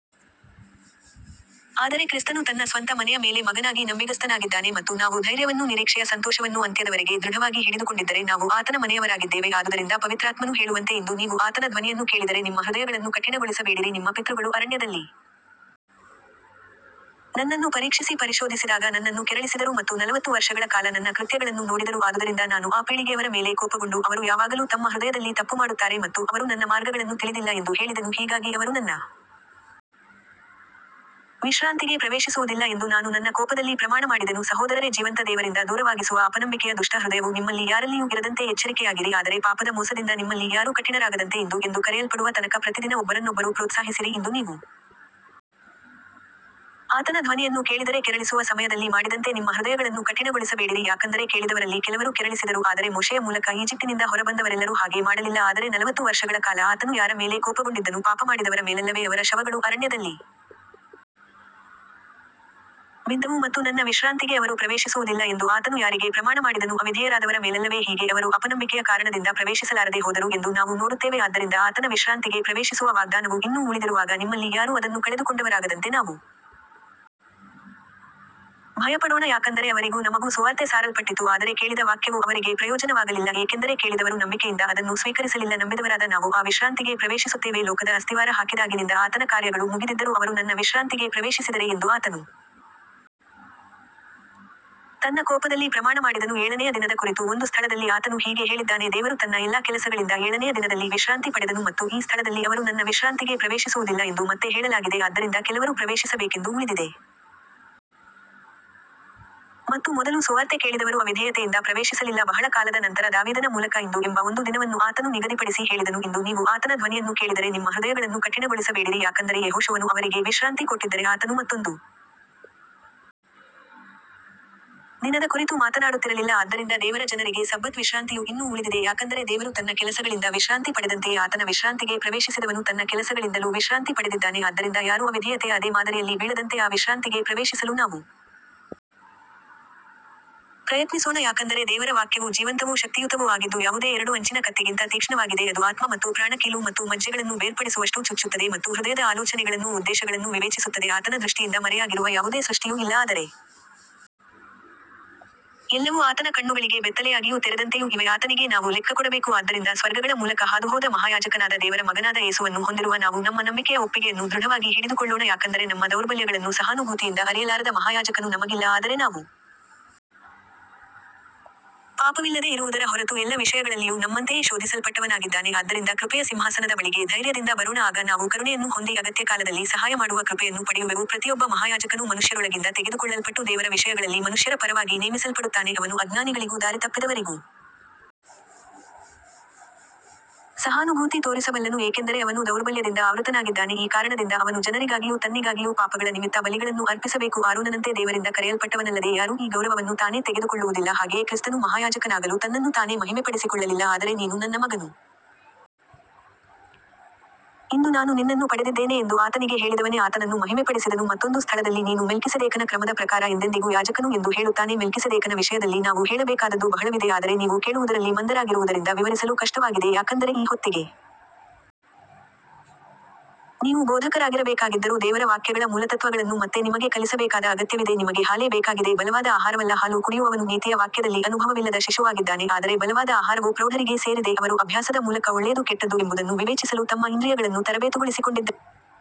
ಆದರೆ ಕ್ರಿಸ್ತನು ತನ್ನ ಸ್ವಂತ ಮನೆಯ ಮೇಲೆ ಮಗನಾಗಿ ನಂಬಿಗಸ್ತನಾಗಿದ್ದಾನೆ ಮತ್ತು ನಾವು ಧೈರ್ಯವನ್ನೂ ನಿರೀಕ್ಷೆಯ ಸಂತೋಷವನ್ನೂ ಅಂತ್ಯದವರೆಗೆ ದೃಢವಾಗಿ ಹಿಡಿದುಕೊಂಡಿದ್ದರೆ ನಾವು ಆತನ ಮನೆಯವರಾಗಿದ್ದೇವೆ ಆದುದರಿಂದ ಪವಿತ್ರಾತ್ಮನು ಹೇಳುವಂತೆ ಇಂದು ನೀವು ಆತನ ಧ್ವನಿಯನ್ನು ಕೇಳಿದರೆ ನಿಮ್ಮ ಹೃದಯಗಳನ್ನು ಕಠಿಣಗೊಳಿಸಬೇಡಿರಿ ನಿಮ್ಮ ಪಿತೃಗಳು ಅರಣ್ಯದಲ್ಲಿ ನನ್ನನ್ನು ಪರೀಕ್ಷಿಸಿ ಪರಿಶೋಧಿಸಿದಾಗ ನನ್ನನ್ನು ಕೆರಳಿಸಿದರು ಮತ್ತು ನಲವತ್ತು ವರ್ಷಗಳ ಕಾಲ ನನ್ನ ಕೃತ್ಯಗಳನ್ನು ನೋಡಿದರು ಆದುದರಿಂದ ನಾನು ಆ ಪೀಳಿಗೆಯವರ ಮೇಲೆ ಕೋಪಗೊಂಡು ಅವರು ಯಾವಾಗಲೂ ತಮ್ಮ ಹೃದಯದಲ್ಲಿ ತಪ್ಪುಮಾಡುತ್ತಾರೆ ಮತ್ತು ಅವರು ನನ್ನ ಮಾರ್ಗಗಳನ್ನು ತಿಳಿದಿಲ್ಲ ಎಂದು ಹೇಳಿದೆನು ಹೀಗಾಗಿ ಅವರು ನನ್ನ ವಿಶ್ರಾಂತಿಗೆ ಪ್ರವೇಶಿಸುವುದಿಲ್ಲ ಎಂದು ನಾನು ನನ್ನ ಕೋಪದಲ್ಲಿ ಪ್ರಮಾಣಮಾಡಿದೆನು ಸಹೋದರರೇ ಜೀವಂತ ದೇವರಿಂದ ದೂರವಾಗಿಸುವ ಅಪನಂಬಿಕೆಯ ದುಷ್ಟ ಹೃದಯವು ನಿಮ್ಮಲ್ಲಿ ಯಾರಲ್ಲಿಯೂ ಇರದಂತೆ ಎಚ್ಚರಿಕೆಯಾಗಿರಿ ಆದರೆ ಪಾಪದ ಮೋಸದಿಂದ ನಿಮ್ಮಲ್ಲಿ ಯಾರೂ ಕಠಿಣರಾಗದಂತೆ ಇಂದು ಎಂದು ಕರೆಯಲ್ಪಡುವ ತನಕ ಪ್ರತಿದಿನ ಒಬ್ಬರನ್ನೊಬ್ಬರು ಪ್ರೋತ್ಸಾಹಿಸಿರಿ ಇಂದು ನೀವು ಆತನ ಧ್ವನಿಯನ್ನು ಕೇಳಿದರೆ ಕೆರಳಿಸುವ ಸಮಯದಲ್ಲಿ ಮಾಡಿದಂತೆ ನಿಮ್ಮ ಹೃದಯಗಳನ್ನು ಕಠಿಣಗೊಳಿಸಬೇಡಿರಿ ಯಾಕಂದರೆ ಕೇಳಿದವರಲ್ಲಿ ಕೆಲವರು ಕೆರಳಿಸಿದರು ಆದರೆ ಮೋಶೆಯ ಮೂಲಕ ಈಜಿಪ್ಟಿನಿಂದ ಹೊರಬಂದವರೆಲ್ಲರೂ ಹಾಗೆ ಮಾಡಲಿಲ್ಲ ಆದರೆ ನಲವತ್ತು ವರ್ಷಗಳ ಕಾಲ ಆತನು ಯಾರ ಮೇಲೆ ಕೋಪಗೊಂಡಿದ್ದನು ಪಾಪಮಾಡಿದವರ ಮೇಲಲ್ಲವೇ ಅವರ ಶವಗಳು ಅರಣ್ಯದಲ್ಲಿ ಬಿದ್ದವು ಮತ್ತು ನನ್ನ ವಿಶ್ರಾಂತಿಗೆ ಅವರು ಪ್ರವೇಶಿಸುವುದಿಲ್ಲ ಎಂದು ಆತನು ಯಾರಿಗೆ ಪ್ರಮಾಣಮಾಡಿದನು ಅವಿಧೇಯರಾದವರ ಮೇಲಲ್ಲವೇ ಹೀಗೆ ಅವರು ಅಪನಂಬಿಕೆಯ ಕಾರಣದಿಂದ ಪ್ರವೇಶಿಸಲಾರದೆ ಹೋದರು ಎಂದು ನಾವು ನೋಡುತ್ತೇವೆ ಆದ್ದರಿಂದ ಆತನ ವಿಶ್ರಾಂತಿಗೆ ಪ್ರವೇಶಿಸುವ ವಾಗ್ದಾನವು ಇನ್ನೂ ಉಳಿದಿರುವಾಗ ನಿಮ್ಮಲ್ಲಿ ಯಾರೂ ಅದನ್ನು ಕಳೆದುಕೊಂಡವರಾಗದಂತೆ ನಾವು ಭಯಪಡೋಣ ಯಾಕಂದರೆ ಅವರಿಗೂ ನಮಗೂ ಸುವಾರ್ತೆ ಸಾರಲ್ಪಟ್ಟಿತು ಆದರೆ ಕೇಳಿದ ವಾಕ್ಯವು ಅವರಿಗೆ ಪ್ರಯೋಜನವಾಗಲಿಲ್ಲ ಏಕೆಂದರೆ ಕೇಳಿದವರು ನಂಬಿಕೆಯಿಂದ ಅದನ್ನು ಸ್ವೀಕರಿಸಲಿಲ್ಲ ನಂಬಿದವರಾದ ನಾವು ಆ ವಿಶ್ರಾಂತಿಗೆ ಪ್ರವೇಶಿಸುತ್ತೇವೆ ಲೋಕದ ಅಸ್ತಿವಾರ ಹಾಕಿದಾಗಿನಿಂದ ಆತನ ಕಾರ್ಯಗಳು ಮುಗಿದಿದ್ದರೂ ಅವರು ನನ್ನ ವಿಶ್ರಾಂತಿಗೆ ಪ್ರವೇಶಿಸಿದರೆ ಎಂದು ಆತನು ತನ್ನ ಕೋಪದಲ್ಲಿ ಪ್ರಮಾಣಮಾಡಿದನು ಏಳನೆಯ ದಿನದ ಕುರಿತು ಒಂದು ಸ್ಥಳದಲ್ಲಿ ಆತನು ಹೀಗೆ ಹೇಳಿದ್ದಾನೆ ದೇವರು ತನ್ನ ಎಲ್ಲಾ ಕೆಲಸಗಳಿಂದ ಏಳನೆಯ ದಿನದಲ್ಲಿ ವಿಶ್ರಾಂತಿ ಪಡೆದನು ಮತ್ತು ಈ ಸ್ಥಳದಲ್ಲಿ ಅವರು ನನ್ನ ವಿಶ್ರಾಂತಿಗೆ ಪ್ರವೇಶಿಸುವುದಿಲ್ಲ ಎಂದು ಮತ್ತೆ ಹೇಳಲಾಗಿದೆ ಆದ್ದರಿಂದ ಕೆಲವರು ಪ್ರವೇಶಿಸಬೇಕೆಂದು ಉಳಿದಿದೆ ಮತ್ತು ಮೊದಲು ಸುವಾರ್ತೆ ಕೇಳಿದವರು ಅವಿಧೇಯತೆಯಿಂದ ಪ್ರವೇಶಿಸಲಿಲ್ಲ ಬಹಳ ಕಾಲದ ನಂತರ ದಾವೀದನ ಮೂಲಕ ಇಂದು ಎಂಬ ಒಂದು ದಿನವನ್ನು ಆತನು ನಿಗದಿಪಡಿಸಿ ಹೇಳಿದನು ಇಂದು ನೀವು ಆತನ ಧ್ವನಿಯನ್ನು ಕೇಳಿದರೆ ನಿಮ್ಮ ಹೃದಯಗಳನ್ನು ಕಠಿಣಗೊಳಿಸಬೇಡಿರಿ ಯಾಕಂದರೆ ಯೆಹೋಶುವನು ಅವರಿಗೆ ವಿಶ್ರಾಂತಿ ಕೊಟ್ಟಿದ್ದರೆ ಆತನು ಮತ್ತೊಂದು ದಿನದ ಕುರಿತು ಮಾತನಾಡುತ್ತಿರಲಿಲ್ಲ ಆದ್ದರಿಂದ ದೇವರ ಜನರಿಗೆ ಸಬ್ಬತ್ ವಿಶ್ರಾಂತಿಯು ಇನ್ನೂ ಉಳಿದಿದೆ ಯಾಕಂದರೆ ದೇವರು ತನ್ನ ಕೆಲಸಗಳಿಂದ ವಿಶ್ರಾಂತಿ ಪಡೆದಂತೆಯೇ ಆತನ ವಿಶ್ರಾಂತಿಗೆ ಪ್ರವೇಶಿಸಿದವನು ತನ್ನ ಕೆಲಸಗಳಿಂದಲೂ ವಿಶ್ರಾಂತಿ ಪಡೆದಿದ್ದಾನೆ ಆದ್ದರಿಂದ ಯಾರೂ ಅವಿಧೇಯತೆಯ ಅದೇ ಮಾದರಿಯಲ್ಲಿ ಬೀಳದಂತೆ ಆ ವಿಶ್ರಾಂತಿಗೆ ಪ್ರವೇಶಿಸಲು ನಾವು ಪ್ರಯತ್ನಿಸೋಣ ಯಾಕಂದರೆ ದೇವರ ವಾಕ್ಯವು ಜೀವಂತವೂ ಶಕ್ತಿಯುತವೂ ಆಗಿದ್ದು ಯಾವುದೇ ಎರಡು ಅಂಚಿನ ಕತ್ತಿಗಿಂತ ತೀಕ್ಷ್ಣವಾಗಿದೆ ಅದು ಆತ್ಮ ಮತ್ತು ಪ್ರಾಣ ಕೀಲು ಮತ್ತು ಮಜ್ಜೆಗಳನ್ನು ಬೇರ್ಪಡಿಸುವಷ್ಟು ಚುಚ್ಚುತ್ತದೆ ಮತ್ತು ಹೃದಯದ ಆಲೋಚನೆಗಳನ್ನೂ ಉದ್ದೇಶಗಳನ್ನೂ ವಿವೇಚಿಸುತ್ತದೆ ಆತನ ದೃಷ್ಟಿಯಿಂದ ಮರೆಯಾಗಿರುವ ಯಾವುದೇ ಸೃಷ್ಟಿಯೂ ಇಲ್ಲ ಆದರೆ ಎಲ್ಲವೂ ಆತನ ಕಣ್ಣುಗಳಿಗೆ ಬೆತ್ತಲೆಯಾಗಿಯೂ ತೆರೆದಂತೆಯೂ ಇವೆ ಆತನಿಗೇ ನಾವು ಲೆಕ್ಕಕೊಡಬೇಕು ಆದ್ದರಿಂದ ಸ್ವರ್ಗಗಳ ಮೂಲಕ ಹಾದುಹೋದ ಮಹಾಯಾಜಕನಾದ ದೇವರ ಮಗನಾದ ಯೇಸುವನ್ನು ಹೊಂದಿರುವ ನಾವು ನಮ್ಮ ನಂಬಿಕೆಯ ಒಪ್ಪಿಗೆಯನ್ನು ದೃಢವಾಗಿ ಹಿಡಿದುಕೊಳ್ಳೋಣ ಯಾಕಂದರೆ ನಮ್ಮ ದೌರ್ಬಲ್ಯಗಳನ್ನು ಸಹಾನುಭೂತಿಯಿಂದ ಅರಿಯಲಾರದ ಮಹಾಯಾಜಕನು ನಮಗಿಲ್ಲ ಆದರೆ ನಾವು ಪಾಪವಿಲ್ಲದೆ ಇರುವುದರ ಹೊರತು ಎಲ್ಲ ವಿಷಯಗಳಲ್ಲಿಯೂ ನಮ್ಮಂತೆಯೇ ಶೋಧಿಸಲ್ಪಟ್ಟವನಾಗಿದ್ದಾನೆ ಆದ್ದರಿಂದ ಕೃಪೆಯ ಸಿಂಹಾಸನದ ಬಳಿಗೆ ಧೈರ್ಯದಿಂದ ಬರೋಣ ಆಗ ನಾವು ಕರುಣೆಯನ್ನು ಹೊಂದಿ ಅಗತ್ಯಕಾಲದಲ್ಲಿ ಸಹಾಯಮಾಡುವ ಕೃಪೆಯನ್ನು ಪಡೆಯುವೆವು ಪ್ರತಿಯೊಬ್ಬ ಮಹಾಯಾಜಕನೂ ಮನುಷ್ಯರೊಳಗಿಂದ ತೆಗೆದುಕೊಳ್ಳಲ್ಪಟ್ಟು ದೇವರ ವಿಷಯಗಳಲ್ಲಿ ಮನುಷ್ಯರ ಪರವಾಗಿ ನೇಮಿಸಲ್ಪಡುತ್ತಾನೆ ಅವನು ಅಜ್ಞಾನಿಗಳಿಗೂ ದಾರಿತಪ್ಪಿದವರಿಗೂ ಸಹಾನುಭೂತಿ ತೋರಿಸಬಲ್ಲನು ಏಕೆಂದರೆ ಅವನೂ ದೌರ್ಬಲ್ಯದಿಂದ ಆವೃತನಾಗಿದ್ದಾನೆ ಈ ಕಾರಣದಿಂದ ಅವನು ಜನರಿಗಾಗಿಯೂ ತನ್ನಿಗಾಗಿಯೂ ಪಾಪಗಳ ನಿಮಿತ್ತ ಬಲಿಗಳನ್ನು ಅರ್ಪಿಸಬೇಕು ಆರೋನನಂತೆ ದೇವರಿಂದ ಕರೆಯಲ್ಪಟ್ಟವನಲ್ಲದೆ ಯಾರೂ ಈ ಗೌರವವನ್ನು ತಾನೇ ತೆಗೆದುಕೊಳ್ಳುವುದಿಲ್ಲ ಹಾಗೆಯೇ ಕ್ರಿಸ್ತನು ಮಹಾಯಾಜಕನಾಗಲು ತನ್ನನ್ನು ತಾನೇ ಮಹಿಮೆಪಡಿಸಿಕೊಳ್ಳಲಿಲ್ಲ ಆದರೆ ನೀನು ನನ್ನ ಮಗನು ಇಂದು ನಾನು ನಿನ್ನನ್ನು ಪಡೆದಿದ್ದೇನೆ ಎಂದು ಆತನಿಗೆ ಹೇಳಿದವನೇ ಆತನನ್ನು ಮಹಿಮೆಪಡಿಸಿದನು ಮತ್ತೊಂದು ಸ್ಥಳದಲ್ಲಿ ನೀನು ಮೆಲ್ಕಿಸೆದೇಕನ ಕ್ರಮದ ಪ್ರಕಾರ ಎಂದೆಂದಿಗೂ ಯಾಜಕನು ಎಂದು ಹೇಳುತ್ತಾನೆ ಮೆಲ್ಕಿಸೆದೇಕನ ವಿಷಯದಲ್ಲಿ ನಾವು ಹೇಳಬೇಕಾದದ್ದು ಬಹಳವಿದೆ ಆದರೆ ನೀವು ಕೇಳುವುದರಲ್ಲಿ ಮಂದರಾಗಿರುವುದರಿಂದ ವಿವರಿಸಲು ಕಷ್ಟವಾಗಿದೆ ಯಾಕಂದರೆ ಈ ಹೊತ್ತಿಗೆ ನೀವು ಬೋಧಕರಾಗಿರಬೇಕಾಗಿದ್ದರೂ ದೇವರ ವಾಕ್ಯಗಳ ಮೂಲತತ್ತ್ವಗಳನ್ನು ಮತ್ತೆ ನಿಮಗೆ ಕಲಿಸಬೇಕಾದ ಅಗತ್ಯವಿದೆ ನಿಮಗೆ ಹಾಲೇ ಬೇಕಾಗಿದೆ ಬಲವಾದ ಆಹಾರವಲ್ಲ ಹಾಲು ಕುಡಿಯುವವನು ನೀತಿಯ ವಾಕ್ಯದಲ್ಲಿ ಅನುಭವವಿಲ್ಲದ ಶಿಶುವಾಗಿದ್ದಾನೆ ಆದರೆ ಬಲವಾದ ಆಹಾರವು ಪ್ರೌಢರಿಗೆ ಸೇರಿದೆ ಅವರು ಅಭ್ಯಾಸದ ಮೂಲಕ ಒಳ್ಳೆಯದು ಕೆಟ್ಟದ್ದು ಎಂಬುದನ್ನು ವಿವೇಚಿಸಲು ತಮ್ಮ ಇಂದ್ರಿಯಗಳನ್ನು ತರಬೇತುಗೊಳಿಸಿಕೊಂಡಿದ್ದಾರೆ